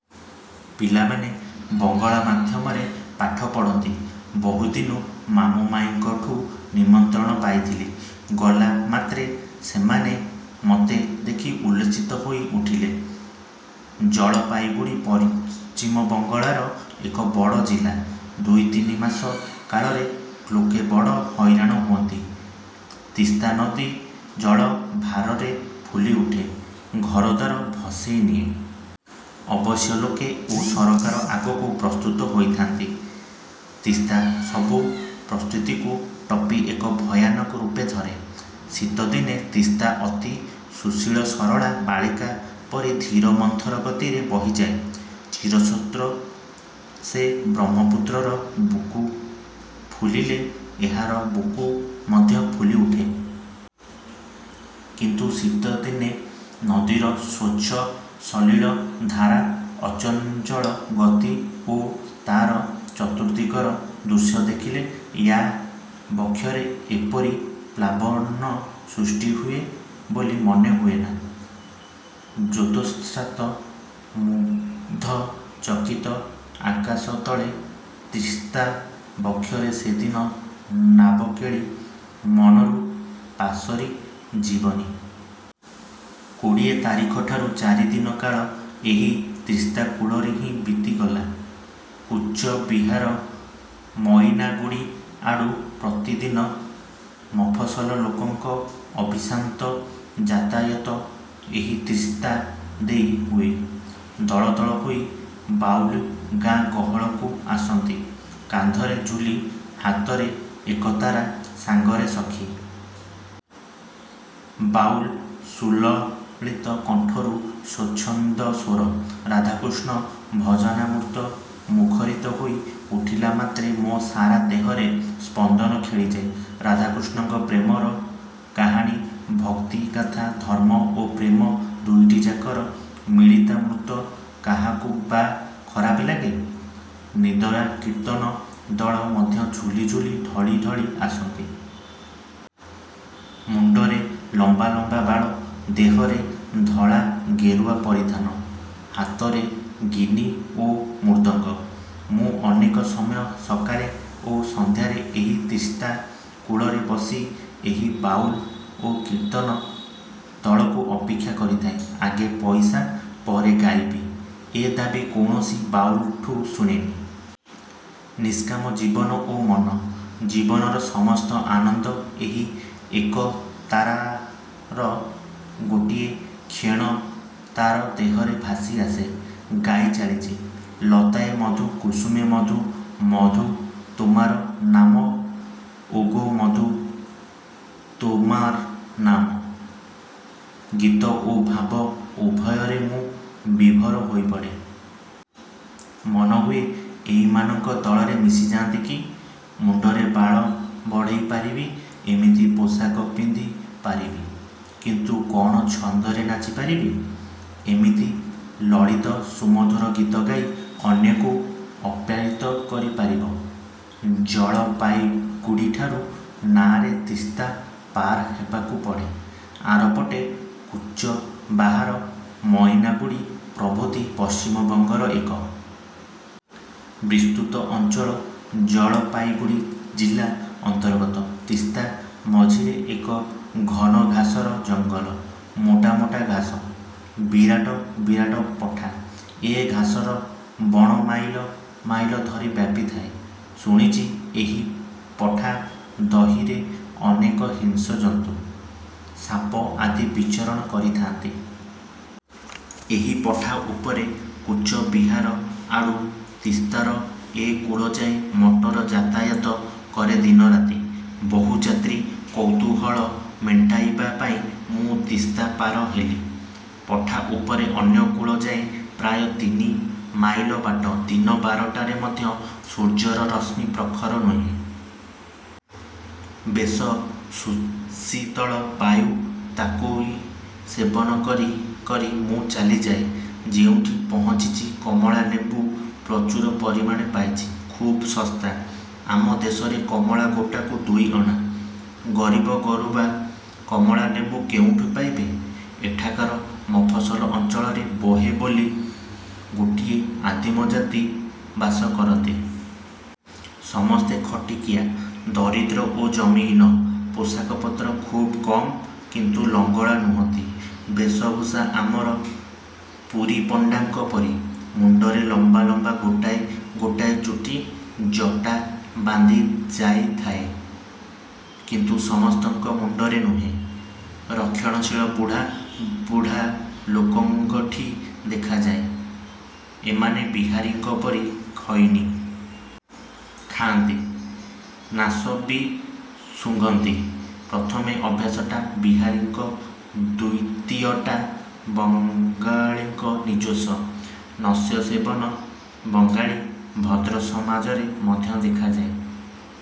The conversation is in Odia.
ପିଲାମାନେ ବଙ୍ଗଳା ମାଧ୍ୟମରେ ପାଠ ପଢ଼ନ୍ତି। ବହୁଦିନୁ ମାମୁଁ ମାଇଁଙ୍କଠୁ ନିମନ୍ତ୍ରଣ ପାଇଥିଲି। ଗଲାମାତ୍ରେ ସେମାନେ ମତେ ଦେଖି ଉଲ୍ଲସିତ ହୋଇ ଉଠିଲେ। ଜଳପାଇଗୁଡ଼ି ପଶ୍ଚିମବଙ୍ଗଳାର ଏକ ବଡ଼ ଜିଲ୍ଲା। ଦୁଇତିନି ମାସ କାଳ ଲୋକେ ବଡ଼ ହଇରାଣ ହୁଅନ୍ତି। ତିସ୍ତାନଦୀ ଜଳ ଭାରରେ ଫୁଲି ଉଠେ, ଘରଦ୍ୱାର ଭସେଇ ନିଏ। ଅବଶ୍ୟ ଲୋକେ ଓ ସରକାର ଆଗରୁ ପ୍ରସ୍ତୁତ ହୋଇଥାଆନ୍ତି। ତିସ୍ତା ସବୁ ପ୍ରସ୍ତୁତିକୁ ଟପି ଏକ ଭୟାନକ ରୂପ ଧରେ। ଶୀତଦିନେ ତିସ୍ତା ଅତି ସୁଶୀଳ ସରଳା ବାଳିକା ପରି ଧୀର ମନ୍ଥର ଗତିରେ ବହିଯାଏ। ଚିରସ୍ରୋତ ସେ। ବ୍ରହ୍ମପୁତ୍ରର ବୁକୁ ଫୁଲିଲେ ଏହାର ବୁକୁ ମଧ୍ୟ ଫୁଲିଉଠେ। କିନ୍ତୁ ଶୀତ ଦିନେ ନଦୀର ସ୍ୱଚ୍ଛ ସଲିଳ ଧାରା, ଅଚଞ୍ଚଳ ଗତି ଓ ତାର ଚତୁର୍ଦ୍ଦିଗର ଦୃଶ୍ୟ ଦେଖିଲେ, ୟା ବକ୍ଷରେ ଏପରି ପ୍ଳାବନ ସୃଷ୍ଟି ହୁଏ ବୋଲି ମନେହୁଏନା। ଜ୍ୟେତ୍ସ୍ନାସ୍ନାତ ମୁଗଧ ଚକିତ ଆକାଶ ତଳେ ତିସ୍ତା ବକ୍ଷରେ ସେଦିନର ନାବକେଳି ମନରୁ ପାସୋରି ଯିବନି। କୋଡ଼ିଏ ତାରିଖଠାରୁ ଚାରିଦିନ କାଳ ଏହି ତିସ୍ତା କୂଳରେ ହିଁ ବିତିଗଲା। କୁଚବିହାର, ମଇନାଗୁଡ଼ି ଆଡ଼ୁ ପ୍ରତିଦିନ ମଫସଲଲୋକଙ୍କ ଅବିଶ୍ରାନ୍ତ ଯାତାୟତ ଏହି ତିସ୍ତା ଦେଇ ହୁଏ। ଦଳ ଦଳ ହୋଇ ବାଉଲ୍ ଗାଁ ଗହଳରୁ ଆସନ୍ତି। କାନ୍ଧରେ ଝୁଲି, ହାତରେ ଏକତାରା, ସାଙ୍ଗରେ ସଖୀ। ବାଉଲ୍ର ସୁଲଳିତ କଣ୍ଠରୁ ସ୍ୱଚ୍ଛନ୍ଦ ସ୍ୱର, ରାଧାକୃଷ୍ଣ ଭଜନାମୃତ ମୁଖରିତ ହୋଇ ଉଠିଲା ମାତ୍ରେ ମୋ ସାରା ଦେହରେ ସ୍ପନ୍ଦନ ଖେଳିଯାଏ। ରାଧାକୃଷ୍ଣଙ୍କ ପ୍ରେମର କାହାଣୀ, ଭକ୍ତିଗାଥା ଧର୍ମ ଓ ପ୍ରେମ ଦୁଇଟିଯାକର ମିଳିତାମୃତ କାହାକୁ ବା ଖରାପ ଲାଗେ। ନଦିୟା କୀର୍ତ୍ତନ ଦଳ ମଧ୍ୟ ଝୁଲି ଝୁଲି ଢଳି ଢଳି ଆସନ୍ତି। ମୁଣ୍ଡରେ ଲମ୍ବା ଲମ୍ବା ବାଳ–ଦେହରେ ଧଳା ଗେରୁଆ ପରିଧାନ, ହାତରେ ଗିନି ଓ ମୁର୍ଦ୍ଦଙ୍ଗ। ମୁଁ ଅନେକ ସମୟ ସକାଳେ ଓ ସନ୍ଧ୍ୟାରେ ଏହି ତିସ୍ତା କୂଳରେ ବସି ଏହି ବାଉଲ୍ ଓ କୀର୍ତ୍ତନ ଦଳକୁ ଅପେକ୍ଷା କରିଥାଏ। ଆଗେ ପଇସା, ପରେ ଗାଇବି ଏ ଦାବୀ କୌଣସି ବାଉଲ୍ ଠୁ ଶୁଣିନି। ନିଷ୍କାମ ଜୀବନ ଓ ମନ। ଜୀବନର ସମସ୍ତ ଆନନ୍ଦ ଏହି ଏକତାରାର ଗୋଟିଏ କ୍ଷୀଣ ତାର ଦେହରେ ଭାସି ଆସେ-। ଗାଇ ଚାଲିଚି– ''ଲତାୟେ ମଧୁ, କୁସୁମେ ମଧୁ ମଧୁ ତୋମାର ନାମ ଓଗୋ ମଧୁ ତୋମାର ନାମ। '' ଗୀତ ଓ ଭାବ ଉଭୟରେ ମୁଁ ବିଭୋର ହୋଇପଡ଼େ। ମନହୁଏ ଏଇମାନଙ୍କ ଦଳରେ ମିଶିଯାଆନ୍ତି କି! ମୁଣ୍ଡରେ ବାଳ ବଢ଼େଇ ପାରିବି–ଏମିତି ପୋଷାକ ପିନ୍ଧ ପାରିବି–କିନ୍ତୁ କ'ଣ ଛନ୍ଦରେ ନାଚି ପାରିବି? ଏମିତି ଲଳିତ ସୁମଧୁର ଗୀତ ଗାଇ ଅନ୍ୟକୁ ଆପ୍ୟାୟିତ କରି ପାରିବ? ଜଳପାଇଗୁଡ଼ିଠାରୁ ନାଆରେ ତିସ୍ତା ପାର ହେବାକୁ ପଡ଼େ। ଆରପଟେ କୁଚବାହାର, ମଇନାଗୁଡ଼ି ପ୍ରଭୃତି ପଶ୍ଚିମବଙ୍ଗର ଏକ। ବିସ୍ତୃତ ଅଞ୍ଚଳ–ଜଳପାଇଗୁଡ଼ି ଜିଲା ଅନ୍ତର୍ଗତ। ତିସ୍ତା ମଝିରେ ଏକ ଘନ ଘାସର ଜଙ୍ଗଲ। ମୋଟା ମୋଟା ଘାସ। ବିରାଟ ବିରାଟ ପଠା। ଏ ଘାସର ବଣ ମାଇଲ ମାଇଲ ଧରି ବ୍ୟାପିଥାଏ। ଶୁଣିଚି, ଏହି ପଠା ଦହିରେ ଅନେକ ହିଂସ୍ର ଜନ୍ତୁ, ସାପ ଆଦି ବିଚରଣ କରି-ଥାଆନ୍ତି। ଏହି ପଠା ଉପରେ କୁଚବିହାର ଆଡ଼ୁ ତିସ୍ତାର ଏ କୂଳଯାଏଁ ମଟର ଯାତାୟାତ କରେ ଦିନରାତି। ବହୁ ଯାତ୍ରୀ। କୌତୁହଳ ମେଣ୍ଟାଇବାପାଇଁ ମୁଁ ତିସ୍ତା ପାର ହେଲି। ପଠା ଉପରେ ଅନ୍ୟ କୂଳଯାଏ ପ୍ରାୟ ତିନି ମାଇଲ ବାଟ। ଦିନ ବାରଟାରେ ମଧ୍ୟ ସୂର୍ଯ୍ୟର ରଶ୍ମି ପ୍ରଖର ନୁହେଁ। ବେଶ ସୁଶୀତଳ ବାୟୁ ତାକୁଇ ସେବନ କରି କରି ମୁଁ ଚାଲିଯାଏ। ଯେଉଁଠି ପହଞ୍ଚିଚି–କମଳା ଲେମ୍ବୁ ପ୍ରଚୁର ପରିମାଣରେ ପାଇଚି। ଖୁବ୍ ଶସ୍ତା। ଆମ ଦେଶରେ କମଳା ଗୋଟାକୁ ଦୁଇଅଣା। ଗରିବ ଗରୁବା କମଳା ଲେମ୍ବୁ କେଉଁଠୁ ପାଇବେ? 'ଏଠାକାର ମଫସଲ ଅଞ୍ଚଳରେ 'ବୋହେ'' ବୋଲି ଗୋଟିଏ ଆଦିମ ଜାତି ବାସ କରନ୍ତି-। ସମସ୍ତେ ଖଟିଟିଆ, ଦରିଦ୍ର ଓ ଜମିହୀନ। ପୋଷାକପତ୍ର ଖୁବ୍ କମ୍ କିନ୍ତୁ ଲଙ୍ଗଳା ନୁହନ୍ତି-। ବେଷଭୂଷା ଆମ, ପୁରୀପଣ୍ଡାଙ୍କ ପରି। ମୁଣ୍ଡରେ ଲମ୍ବାଲମ୍ବା ଗୋଟାଏ ଗୋଟାଏ ଚୁଟି। ଜଟା ବାନ୍ଧି ଯାଇଥାଏ; କିନ୍ତୁ ସମସ୍ତଙ୍କ ମୁଣ୍ଡରେ ନୁହେଁ। ରକ୍ଷଣଶୀଳ ବୁଢ଼ା, ବୁଢ଼ା ଲୋକଙ୍କଠି ଦେଖାଯାଏ-। ଏମାନେ ବିହାରୀଙ୍କ ପରି ଖଇନି। ଖାଆନ୍ତି। ନାଶ ବି ଶୁଙ୍ଘନ୍ତି। ପ୍ରଥମ ଅଭ୍ୟାସଟା ବିହାରୀଙ୍କର–ଦ୍ୱିତୀୟଟା ବଙ୍ଗଳୀଙ୍କ ନିଜସ୍ୱ। ନସ୍ୟସେବନ ବଙ୍ଗାଳୀ ଭଦ୍ର ସମାଜରେ ମଧ୍ୟ ଦେଖାଯାଏ।